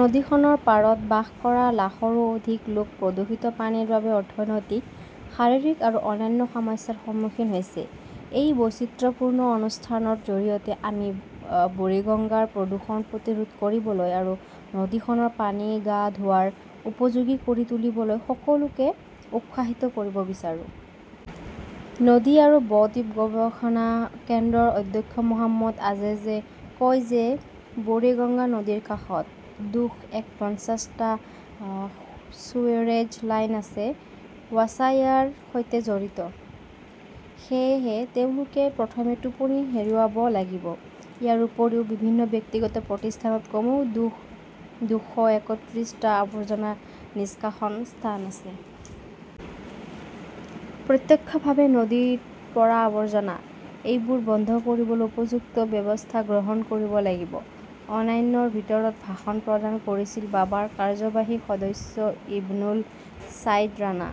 নদীখনৰ পাৰত বাস কৰা লাখৰো অধিক লোক প্ৰদূষিত পানীৰ বাবে অৰ্থনৈতিক, শাৰীৰিক আৰু অন্যান্য সমস্যাৰ সন্মুখীন হৈছে। এই বৈচিত্ৰপূৰ্ণ অনুষ্ঠানৰ জৰিয়তে আমি বুৰিগঙ্গাৰ প্ৰদূষণ প্ৰতিৰোধ কৰিবলৈ আৰু নদীখনৰ পানী গা ধোৱাৰ উপযোগী কৰি তুলিবলৈ সকলোকে উৎসাহিত কৰিব বিচাৰো। নদী আৰু ব-দ্বীপ গৱেষণা কেন্দ্ৰৰ অধ্যক্ষ মহম্মদ এজাজে কয় যে বুৰিগঙ্গা নদীৰ কাষত দুশ একপঞ্চাশ টা সুৱেৰেজ লাইন আছে। ৱাছা ইয়াৰ সৈতে জড়িত। সেয়েহে তেওঁলোকে প্ৰথমে টোপনি হেৰুৱাব লাগিব। ইয়াৰ উপৰিও বিভিন্ন ব্যক্তিগত প্ৰতিষ্ঠানত কমেও দুশ একত্ৰিশ টা আৱৰ্জনা নিষ্কাশন স্থান আছে। প্ৰত্যক্ষভাৱে নদীত পৰা আৱৰ্জনা। এইবোৰ বন্ধ কৰিবলৈ উপযুক্ত ব্যৱস্থা গ্ৰহণ কৰিব লাগিব। অন্যান্যৰ ভিতৰত ভাষণ প্ৰদান কৰিছিল বাবাৰ কাৰ্যবাহী সদস্য ইবনুল ছাইদ ৰাণা,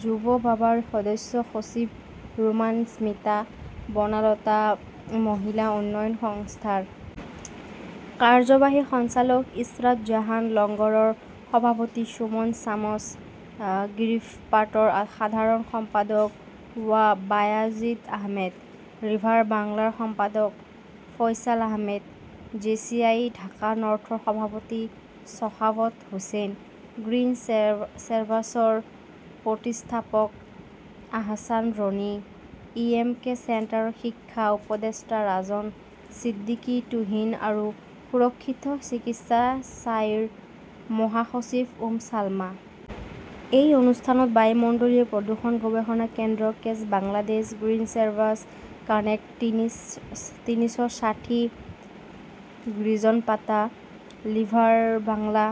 যুৱ বাবাৰ সদস্য সচিব ৰোমান স্মিতা, বনালতা মহিলা উন্নয়ন সংস্থাৰ কাৰ্যবাহী সঞ্চালক ইশৰাত জাহান, লংগৰৰ সভাপতি সুমন শামছ, গ্ৰীভপাটৰ সাধাৰণ সম্পাদক বায়াজিদ আহমেদ, ৰিভাৰ বাংলাৰ সম্পাদক ফয়ছাল আহমেদ, জেচিআই ঢাকা নৰ্থৰ সভাপতি শখাৱত হোসেন, গ্ৰীণ ছেভাৰ্ছৰ প্ৰতিষ্ঠাপক আহছান ৰনী, ইএমকে চেণ্টাৰৰ শিক্ষা উপদেষ্টা ৰাজন সিদ্দিকী টুহিন আৰু সুৰক্ষিত চিকিৎসা চাইৰ মহাসচিব উম ছালমা। এই অনুষ্ঠানত বায়ুমণ্ডলীয় প্ৰদূষণ গৱেষণা কেন্দ্ৰ, কেচ বাংলাদেশ, গ্ৰীণ ছেভাৰ্ছ, কানেক্ট তিনিশ ষাঠি গ্ৰীজনপাতা, ৰিভাৰ বাংলা,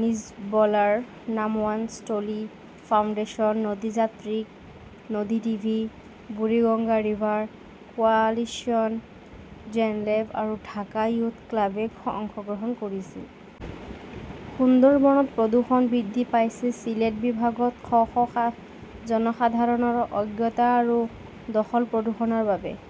নিজ-ব 'লাৰ নাম ৱান ষ্ট' লি ফাউণ্ডেশ্যন, নদীযাত্ৰিক, নদী টিভি, বুৰিগঙ্গা ৰিভাৰ কোয়ালিশ্যন, জেনলেব আৰু ঢাকা য়ুথ ক্লাবে অংশগ্ৰহণ কৰিছিল। সুন্দৰবনত প্ৰদূষণ বৃদ্ধি পাইছে ছিলেট বিভাগত শ শ জনসাধাৰণৰ অজ্ঞতা আৰু দখল-প্ৰদূষণৰ বাবে